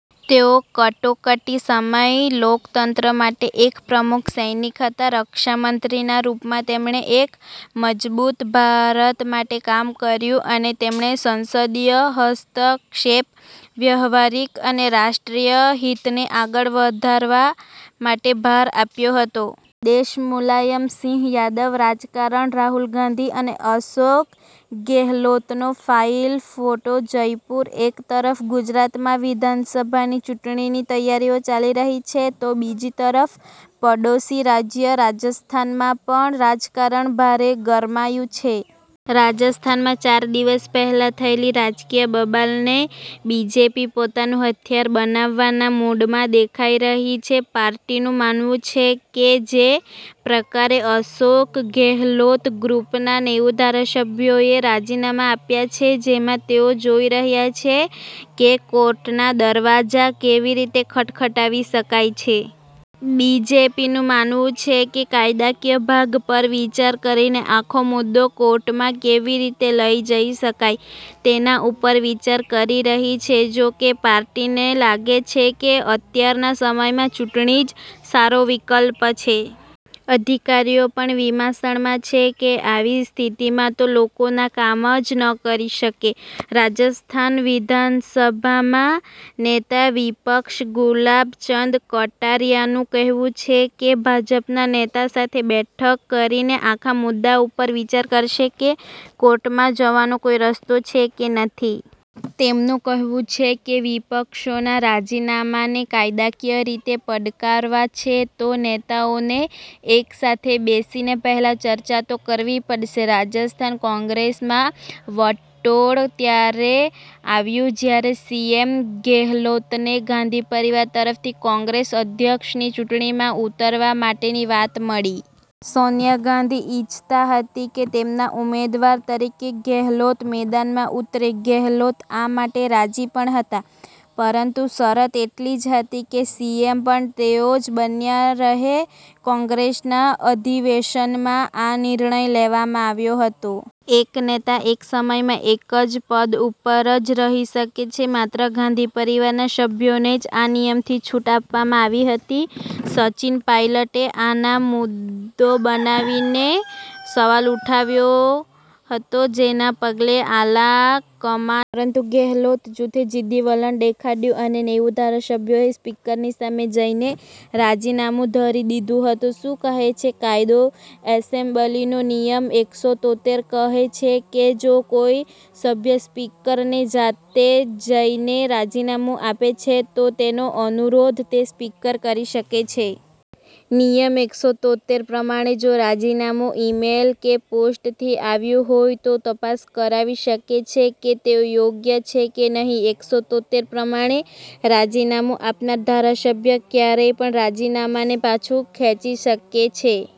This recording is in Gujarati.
તેઓ કટોકટી સમય લોકતંત્ર માટે એક પ્રમુખ સૈનિક હતા. રક્ષામંત્રીના રૂપમાં તેમણે એક મજબૂત ભારત માટે કામ કર્યું અને તેમણે સંસદીય હસ્તક્ષેપ વ્યવાહારિક અને રાષ્ટ્રીય હિતને આગળ વધારવા માટે ભાર આપ્યો હતો. દેશમુલાયમ સિંહ યાદવ રાજકારણ. રાહુલ ગાંધી અને અશોક ગેહલોતનો ફાઈલ ફોટો જયપુર. એક તરફ ગુજરાતમાં વિધાનસભાની ચૂંટણીની તૈયારીઓ ચાલી રહી છે તો બીજી તરફ પડોશી રાજ્ય રાજસ્થાનમાં પણ રાજકારણ ભારે ગરમાયું છે. રાજસ્થાનમાં ચાર દિવસ પહેલા થયેલી રાજકીય બબાલને બીજેપી પોતાનું હથિયાર બનાવવાના મૂડમાં દેખાઈ રહી છે. પાર્ટીનું માનવું છે કે જે પ્રકારે અશોક ગેહલોત ગ્રૂપના નેવું ધારાસભ્યોએ રાજીનામા આપ્યા છે જેમાં તેઓ જોઈ રહ્યા છે કે કોર્ટના દરવાજા કેવી રીતે ખટખટાવી શકાય છે. બીજેપીનું માનવું છે કે કાયદાકીય ભાગ પર વિચાર કરીને આખો મુદ્દો કોર્ટમાં કેવી રીતે લઈ જઈ શકાય તેના ઉપર વિચાર કરી રહી છે. જોકે પાર્ટીને લાગે છે કે અત્યારના સમયમાં ચૂંટણી જ સારો વિકલ્પ છે. અધિકારીઓ પણ વિમાસણમાં છે. આવી સ્થિતિમાં તો લોકોના કામ જ ન કરી શકે. રાજસ્થાન વિધાનસભામાં નેતા વિપક્ષ ગુલાબ ચંદ કટારિયાનું કહેવું છે કે ભાજપના નેતા સાથે બેઠક કરીને આખા મુદ્દા ઉપર વિચાર કરશે કે કોર્ટમાં જવાનો કોઈ રસ્તો છે કે નથી. તેમનું કહેવું છે કે વિપક્ષોના રાજીનામાને કાયદાકીય રીતે પડકારવા છે તો નેતાઓને એકસાથે બેસીને પહેલા ચર્ચા તો કરવી પડશે. રાજસ્થાન કોંગ્રેસમાં વંટોળ ત્યારે આવ્યું જ્યારે સીએમ ગેહલોતને ગાંધી પરિવાર તરફથી કોંગ્રેસ અધ્યક્ષની ચૂંટણીમાં ઉતરવા માટેની વાત મળી. સોનિયા ગાંધી ઈચ્છતા હતી કે તેમના ઉમેદવાર તરીકે ગેહલોત મેદાનમાં ઉતરે. ગહેલોત આ માટે રાજી પણ હતા. પરંતુ શરત એટલી જ હતી કે સીએમ પણ તેઓ જ બન્યા રહે. કોંગ્રેસના અધિવેશનમાં આ નિર્ણય લેવામાં આવ્યો હતો. એક નેતા એક સમયમાં એક જ પદ ઉપર જ રહી શકે છે. માત્ર ગાંધી પરિવારના સભ્યોને જ આ નિયમથી છૂટ આપવામાં આવી હતી. સચિન પાયલટે આને મુદ્દો બનાવીને સવાલ ઉઠાવ્યો હતો. જેના પગલે આલાકમાને પોતાના પ્રતિનિધિ જયપુર મોકલી દીધા હતા. પરંતુ ગહેલોત જૂથે જીદ્દી વલણ દેખાડ્યું અને નેવું ધારાસભ્યોએ સ્પીકરની સામે જઈને રાજીનામું ધરી દીધું હતું. શું કહે છે કાયદો? એસેમ્બલીનો નિયમ એકસો તોત્તેર કહે છે કે જો કોઈ સભ્ય સ્પીકરને જાતે જઈને રાજીનામું આપે છે તો તેનો અનુરોધ તે સ્પીકર કરી શકે છે. નિયમ એકસો તોત્તેર પ્રમાણે જો રાજીનામું મેઈલ કે પોસ્ટથી આવ્યું હોય તો તપાસ કરાવી શકે છે કે તે યોગ્ય છે કે નહીં. એકસો તોત્તેર પ્રમાણે રાજીનામું આપનાર ધારાસભ્ય ક્યારે પણ રાજીનામાને પાછું ખેંચી શકે છે.